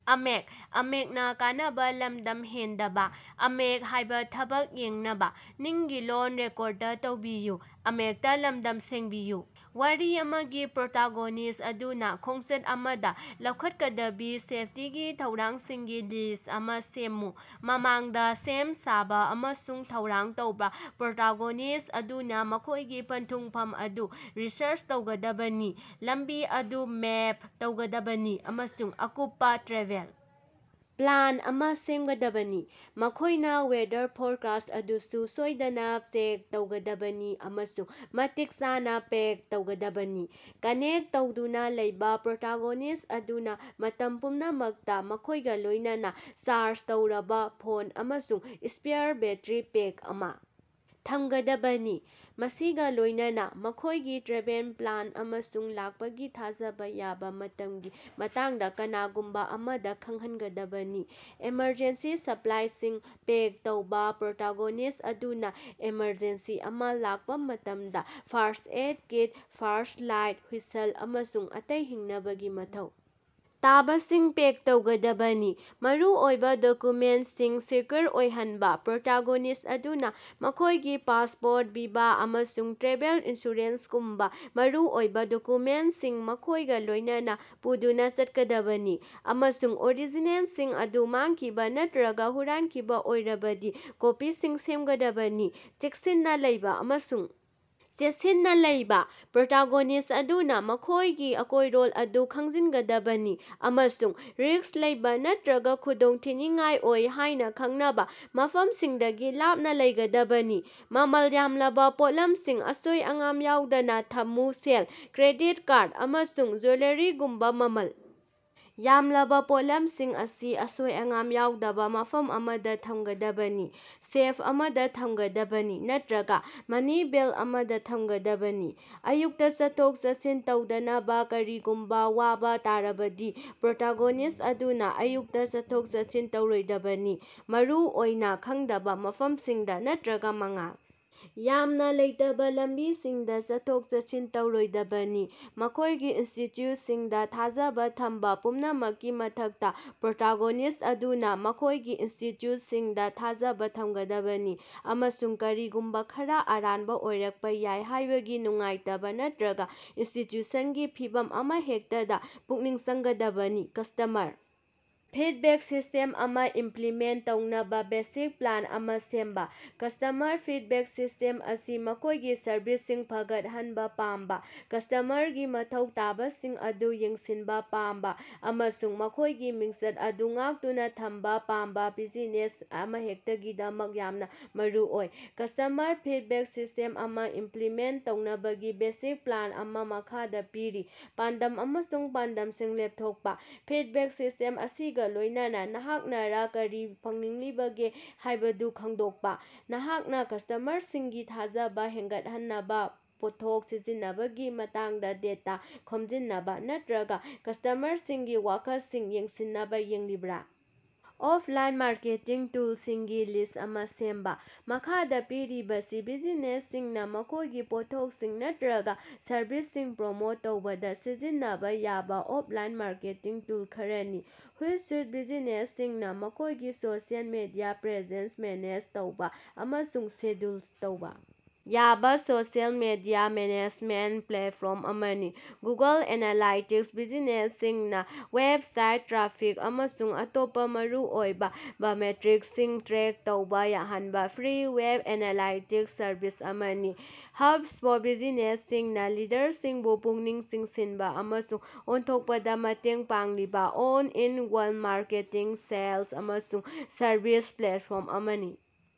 ꯋꯥꯔꯤ ꯑꯃꯒꯤ ꯄ꯭ꯔꯣꯇꯥꯒꯣꯅꯤꯁ꯭ꯠ ꯑꯗꯨꯅ ꯈꯣꯡꯆꯠ ꯑꯃꯗ ꯂꯧꯈꯠꯀꯗꯕꯤ ꯁꯦꯐꯇꯤꯒꯤ ꯊꯧꯔꯥꯡꯁꯤꯡꯒꯤ ꯂꯤꯁ꯭ꯠ ꯑꯃ ꯁꯦꯝꯃꯨ꯫ ꯃꯃꯥꯡꯗ ꯁꯦꯝ ꯁꯥꯕ‌ ꯑꯃꯁꯨꯡ ꯊꯧꯔꯥꯡ ꯇꯧꯕ - ꯄ꯭ꯔꯣꯇꯒꯣꯅꯤꯁ꯭ꯠ ꯑꯗꯨꯅ ꯃꯈꯣꯏꯒꯤ ꯄꯟꯊꯨꯡꯐꯝ ꯑꯗꯨ ꯔꯤꯁꯔꯆ ꯇꯧꯒꯗꯕꯅꯤ, ꯂꯝꯕꯤ ꯑꯗꯨ ꯃꯦꯞ ꯇꯧꯒꯗꯕꯅꯤ ꯑꯃꯁꯨꯡ ꯑꯀꯨꯞꯄ ꯇ꯭ꯔꯥꯚꯦꯜ ꯄ꯭ꯂꯥꯟ ꯑꯃ ꯁꯦꯝꯒꯗꯕꯅꯤ꯫ ꯃꯈꯣꯏꯅ ꯋꯦꯗꯔ ꯐꯣꯔꯀꯥꯁ꯭ꯠ ꯑꯗꯨꯁꯨ ꯁꯣꯏꯗꯅꯥ ꯆꯦꯛ ꯇꯧꯒꯗꯕꯅꯤ ꯑꯃꯁꯨꯡ ꯃꯇꯤꯛ ꯆꯥꯅ ꯄꯦꯛ ꯇꯧꯒꯗꯕꯅꯤ꯫ ꯀꯥꯅꯦ꯭ꯛꯇ ꯇꯧꯗꯨꯅ ꯂꯩꯕ‌ - ꯄ꯭ꯔꯣꯇꯥꯒꯣꯅꯤꯁ꯭ꯠ ꯑꯗꯨꯅ ꯃꯇꯝ ꯄꯨꯝꯅꯃꯛꯇ ꯃꯈꯣꯏꯒ ꯂꯣꯏꯅꯅꯥ ꯆꯥꯔꯖ ꯇꯧꯔꯕ ꯐꯣꯟ ꯑꯃꯁꯨꯡ ꯁ꯭ꯄꯦꯌꯥꯔ ꯕꯦꯠꯇ꯭ꯔꯤ ꯄꯦꯛ ꯑꯃ ꯊꯝꯒꯗꯕꯅꯤ, ꯃꯁꯤꯒ ꯂꯣꯏꯅꯅꯥ ꯃꯈꯣꯏꯒꯤ ꯇ꯭ꯔꯥꯚꯦꯜ ꯄ꯭ꯂꯥꯟ ꯑꯃꯁꯨꯡ ꯂꯥꯛꯄꯒꯤ ꯊꯥꯖꯕꯥ ꯌꯥꯕ ꯃꯇꯝꯒꯤ ꯃꯇꯥꯡꯗ ꯀꯅꯥꯒꯨꯝꯕ ꯑꯃꯗ ꯈꯪꯍꯟꯒꯗꯕꯅꯤ꯫ ꯑꯦꯃꯔꯖꯦꯟꯁꯤ ꯁꯄ꯭ꯂꯥꯏꯁꯤꯡ ꯄꯦꯛ ꯇꯧꯕ- ꯄ꯭ꯔꯣꯇꯥꯒꯣꯅꯤꯁ꯭ꯠ ꯑꯗꯨꯅ ꯑꯦꯃꯔꯖꯦꯟꯁꯤ ꯑꯃ ꯂꯥꯛꯄ ꯃꯇꯝꯗ ꯐꯥꯔꯁ꯭ꯠ-ꯑꯦꯗ ꯀꯤꯠ, ꯐ꯭ꯂꯥꯁꯂꯥꯏꯠ, ꯍꯨꯏꯁꯜ, ꯑꯃꯁꯨꯡ ꯑꯇꯩ ꯍꯤꯡꯅꯕꯒꯤ ꯃꯊꯧ ꯇꯥꯕꯁꯤꯡ ꯄꯦꯛ ꯇꯧꯒꯗꯕꯅꯤ꯫ ꯃꯔꯨꯑꯣꯏꯕ ꯗꯣꯀ꯭ꯌꯨꯃꯦꯟꯇꯁꯤꯡ ꯁꯦꯀ꯭ꯌꯨꯔ ꯑꯣꯏꯍꯟꯕ- ꯄ꯭ꯔꯣꯇꯥꯒꯣꯅꯤꯁ꯭ꯠ ꯑꯗꯨꯅ ꯃꯈꯣꯏꯒꯤ ꯄꯥꯁꯄꯣꯔꯠ, ꯚꯤꯖꯥ, ꯑꯃꯁꯨꯡ ꯇ꯭ꯔꯥꯚꯦꯜ ꯏꯟꯁꯨꯔꯦꯟꯁꯀꯨꯝꯕ ꯃꯔꯨꯑꯣꯏꯕ ꯗꯣꯀ꯭ꯌꯨꯃꯦꯟꯇꯁꯤꯡ ꯃꯈꯣꯏꯒ ꯂꯣꯏꯅꯅꯥ ꯄꯨꯗꯨꯅ ꯆꯠꯀꯗꯕꯅꯤ, ꯑꯃꯁꯨꯡ ꯑꯣꯔꯤꯖꯤꯅꯦꯜꯁꯤꯡ ꯑꯗꯨ ꯃꯥꯡꯈꯤꯕ ꯅꯠꯇꯔꯒ ꯍꯨꯔꯥꯟꯈꯤꯕ ꯑꯣꯏꯔꯕꯗꯤ ꯀꯣꯄꯤꯁꯤꯡ ꯁꯦꯝꯒꯗꯕꯅꯤ꯫ ꯆꯦꯛꯁꯤꯟꯅ ꯂꯩꯕ ꯑꯃꯁꯨꯡ ꯆꯦꯠꯁꯤꯟꯅ ꯂꯩꯕ - ꯄ꯭ꯔꯣꯇꯣꯒꯣꯅꯤꯁ꯭ꯠ ꯑꯗꯨꯅ ꯃꯈꯣꯎꯒꯤ ꯑꯀꯣꯏꯔꯣꯟ ꯑꯗꯨ ꯈꯪꯖꯤꯟꯒꯗꯕꯅꯤ ꯑꯃꯁꯨꯡ ꯔꯤꯁ꯭ꯛ ꯂꯩꯕ ꯅꯠꯇꯔꯒ ꯈꯨꯗꯣꯡꯊꯤꯅꯤꯉꯥꯏ ꯑꯣꯏ ꯍꯥꯏꯅ ꯈꯪꯅꯕ ꯃꯐꯝꯁꯤꯡꯗꯒꯤ ꯂꯥꯞꯅ ꯂꯩꯒꯗꯕꯅꯤ꯫ ꯃꯃꯜ ꯌꯥꯝꯂꯕꯥ ꯄꯣꯠꯂꯝꯁꯤꯡ ꯑꯁꯣꯏ-ꯑꯉꯥꯝ ꯌꯥꯎꯗꯅꯥ ꯊꯝꯃꯨ - ꯁꯦꯜ, ꯀ꯭ꯔꯦꯗꯤꯠ ꯀꯥꯔꯗ, ꯑꯃꯁꯨꯡ ꯖꯨꯋꯦꯂꯔꯤꯒꯨꯝꯕ ꯃꯃꯜ ꯌꯥꯝꯂꯕꯥ ꯄꯣꯠꯂꯝꯁꯤꯡ ꯑꯁꯤ ꯑꯁꯣꯏ-ꯑꯉꯥꯝ ꯌꯥꯎꯗꯕꯥ ꯃꯐꯝ ꯑꯃꯗ ꯊꯝꯒꯗꯕꯅꯤ, ꯁꯦꯐ ꯑꯃꯗ ꯊꯝꯒꯗꯕꯅꯤ ꯅꯠꯇꯔꯒ ꯃꯅꯤ ꯕꯦꯜꯇ ꯑꯃꯗ ꯊꯝꯒꯗꯕꯅꯤ꯫ ꯑꯌꯨꯛꯇ ꯆꯠꯊꯣꯛ-ꯆꯠꯁꯤꯟ ꯇꯧꯗꯅꯕꯥ - ꯀꯔꯤꯒꯨꯝꯕ ꯋꯥꯕ ꯇꯥꯔꯕꯗꯤ, ꯄ꯭ꯔꯣꯇꯥꯒꯣꯅꯤꯁ꯭ꯠ ꯑꯗꯨꯅ ꯑꯌꯨꯛꯇ ꯆꯠꯊꯣꯛ-ꯆꯠꯁꯤꯟ ꯇꯧꯔꯣꯏꯗꯕꯅꯤ, ꯃꯔꯨꯑꯣꯏꯅ ꯈꯪꯗꯕ ꯃꯐꯝꯁꯤꯡꯗ ꯅꯠꯇꯔꯒ ꯃꯉꯥꯜ ꯌꯥꯝꯅ ꯂꯩꯇꯕꯥ ꯂꯝꯕꯤꯁꯤꯡꯗ ꯆꯠꯊꯣꯛ-ꯆꯠꯁꯤꯟ ꯇꯧꯔꯣꯏꯗꯕꯅꯤ꯫ ꯃꯈꯣꯏꯒꯤ ꯏꯟꯁꯇꯤꯇ꯭ꯌꯨꯠꯁꯤꯡꯗ ꯊꯥꯖꯕꯥ ꯊꯝꯕ - ꯄꯨꯝꯅꯃꯛꯀꯤ ꯃꯊꯛꯇ, ꯄ꯭ꯔꯣꯇꯥꯒꯣꯅꯤꯁ꯭ꯠ ꯑꯗꯨꯅ ꯃꯈꯣꯏꯒꯤ ꯏꯟꯁ꯭ꯇꯤꯇ꯭ꯌꯨꯠꯁꯤꯡꯗ ꯊꯥꯖꯕ ꯊꯝꯒꯗꯕꯅꯤ ꯑꯃꯁꯨꯡ ꯀꯔꯤꯒꯨꯝꯕ ꯈꯔꯥ ꯑꯔꯥꯟꯕ ꯑꯣꯏꯔꯛꯄ ꯌꯥꯏ ꯍꯥꯏꯕꯒꯤ ꯅꯨꯡꯉꯥꯏꯇꯕꯥ ꯅꯠꯇꯔꯒ ꯏꯟꯇ꯭ꯌꯨꯏꯁꯟꯒꯤ ꯐꯤꯚꯝ ꯑꯃꯍꯦꯛꯇꯗꯥ ꯄꯨꯛꯅꯤꯡ ꯆꯪꯒꯗꯕꯅꯤ꯫ ꯀꯁ꯭ꯇꯃꯔ ꯐꯤꯗꯕꯦꯛ ꯁꯤꯁꯇꯦꯝ ꯑꯃ ꯏꯝꯄꯂꯤꯃꯦꯟꯇ ꯇꯧꯅꯕ ꯕꯦꯁꯤꯛ ꯄ꯭ꯂꯥꯟ ꯑꯃ ꯁꯦꯝꯕ꯫ ꯀꯁ꯭ꯇꯃꯔ ꯐꯤꯗꯕꯦꯛ ꯁꯤꯁꯇꯦꯝ ꯑꯁꯤ ꯃꯈꯣꯏꯒꯤ ꯁꯔꯚꯤꯁꯁꯤꯡ ꯐꯒꯠꯍꯟꯕ ꯄꯥꯝꯕ, ꯀꯁ꯭ꯇꯃꯔꯒꯤ ꯃꯊꯧ ꯇꯥꯕꯁꯤꯡ ꯑꯗꯨ ꯌꯦꯡꯁꯤꯟꯕ ꯄꯥꯝꯕ ꯑꯃꯁꯨꯡ ꯃꯈꯣꯏꯒꯤ ꯃꯤꯡꯆꯠ ꯑꯗꯨ ꯉꯥꯛꯇꯨꯅ ꯊꯝꯕ ꯄꯥꯝꯕ ꯕꯤꯖꯤꯅꯦꯁ ꯑꯃꯍꯦꯛꯇꯒꯤꯗꯃꯛ ꯌꯥꯝꯅ ꯃꯔꯨꯑꯣꯏ꯫ ꯀꯁ꯭ꯇꯃꯔ ꯐꯤꯗꯕꯦꯛ ꯁꯤꯁꯇꯦꯝ ꯑꯃ ꯏꯝꯄ꯭ꯂꯤꯃꯦꯟꯇ ꯇꯧꯅꯕꯒꯤ ꯕꯦꯁꯤꯛ ꯄ꯭ꯂꯥꯟ ꯑꯃ ꯃꯈꯥꯗ ꯄꯤꯔꯤ -ꯄꯥꯟꯗꯝ ꯑꯃꯁꯨꯡ ꯄꯥꯟꯗꯝꯁꯤꯡ ꯂꯦꯞꯊꯣꯛꯄ - ꯐꯤꯗꯕꯦꯛ ꯁꯤꯁꯇꯦꯝ ꯑꯁꯤꯒ ꯂꯣꯏꯅꯅꯥ ꯅꯍꯥꯛꯅꯥꫪ ꯀꯔꯤ ꯐꯪꯅꯤꯡꯂꯤꯕꯒꯦ ꯍꯥꯏꯕꯗꯨ ꯈꯪꯗꯣꯛꯄ꯫ ꯅꯍꯥꯛꯅ ꯀꯁ꯭ꯇꯃꯔꯁꯤꯡꯒꯤ ꯊꯥꯖꯕ ꯍꯦꯟꯒꯠꯍꯟꯅꯕ, ꯄꯣꯠꯊꯣꯛ ꯁꯤꯖꯤꯟꯅꯕꯒꯤ ꯃꯇꯥꯡꯗ ꯗꯦꯇꯥ ꯈꯣꯝꯖꯤꯟꯅꯕꯥ, ꯅꯠꯇꯔꯒ ꯀꯁ꯭ꯇꯃꯔꯁꯤꯡꯒꯤ ꯋꯥꯀꯠꯁꯤꯡ ꯌꯦꯡꯁꯤꯟꯅꯕ ꯌꯦꯡꯂꯤꯕ꯭ꯔꯥ? ꯑꯣꯞꯂꯥꯏꯟ ꯃꯥꯔꯀꯦꯇꯤꯡ ꯇꯨꯜꯁꯤꯡꯒꯤ ꯂꯤꯁ꯭ꯠ ꯑꯃ ꯁꯦꯝꯕ꯫ ꯃꯈꯥꯗ ꯄꯤꯔꯤꯕꯁꯤ ꯕꯤꯖꯤꯅꯦꯁꯁꯤꯡꯅ ꯃꯈꯣꯏꯒꯤ ꯄꯣꯠꯊꯣꯛꯁꯤꯡ ꯅꯠꯇꯔꯒ ꯁꯔꯚꯤꯁꯁꯤꯡ ꯄ꯭ꯔꯃꯣꯠ ꯇꯧꯕꯗ ꯁꯤꯖꯤꯟꯅꯕꯥ ꯌꯥꯕ ꯑꯣꯞꯂꯥꯏꯟ ꯃꯥꯔꯀꯦꯇꯤꯡ ꯇꯨꯜ ꯈꯔꯥꯅꯤ, ꯍꯨꯠꯁꯨꯏꯠ - ꯕꯤꯖꯤꯅꯦꯁꯁꯤꯡꯅ ꯃꯈꯣꯏꯒꯤ ꯁꯣꯁꯤꯑꯦꯜ ꯃꯤꯗꯤꯌꯥ ꯄ꯭ꯔꯦꯖꯦꯟꯁ ꯃꯦꯅꯦꯖ ꯇꯧꯕ ꯑꯃꯁꯨꯡ ꯁꯦꯗ꯭ꯌꯨꯜ ꯇꯧꯕ ꯌꯥꯕ ꯁꯣꯁꯤꯑꯦꯜ ꯃꯤꯗꯤꯌꯥ ꯃꯦꯅꯦꯖꯃꯦꯟꯇ ꯄ꯭ꯂꯦꯠꯐꯣꯝ ꯑꯃꯅꯤ꯫ ꯒꯨꯒꯜ ꯑꯦꯅꯥꯂꯥꯏꯇꯤꯛꯁ -ꯕꯤꯖꯤꯅꯦꯁꯁꯤꯡꯅ ꯋꯦꯕꯁꯥꯏꯠ ꯇ꯭ꯔꯥꯐꯤꯛ ꯑꯃꯁꯨꯡ ꯑꯇꯣꯞꯄ ꯃꯔꯨꯑꯣꯏꯕ ꯃꯇꯔꯤꯛꯁꯤꯡ ꯇ꯭ꯔꯦꯛ ꯇꯧꯕ ꯌꯥꯍꯟꯕ ꯐ꯭ꯔꯤ ꯋꯦꯕ ꯑꯦꯅꯥꯂꯥꯏꯇꯤꯛꯁ ꯁꯔꯚꯤꯁ ꯑꯃꯅꯤ꯫ ꯍꯕꯁ꯭ꯄꯣꯠ - ꯕꯤꯖꯤꯅꯦꯁꯁꯤꯡꯅ ꯂꯤꯗꯔꯁꯤꯡꯕꯨ ꯄꯨꯛꯅꯤꯡ ꯆꯤꯡꯁꯤꯟꯕ ꯑꯃꯁꯨꯡ ꯑꯣꯟꯊꯣꯛꯄꯗ ꯃꯇꯦꯡ ꯄꯥꯡꯂꯤꯕ ꯑꯣꯜ-ꯏꯟ-ꯋꯥꯟ ꯃꯥꯔꯀꯦꯇꯤꯡ, ꯁꯦꯜꯁ, ꯑꯃꯁꯨꯡ ꯁꯔꯕꯤꯁ ꯄ꯭ꯂꯦꯠꯐꯣꯝ ꯑꯃꯅꯤ꯫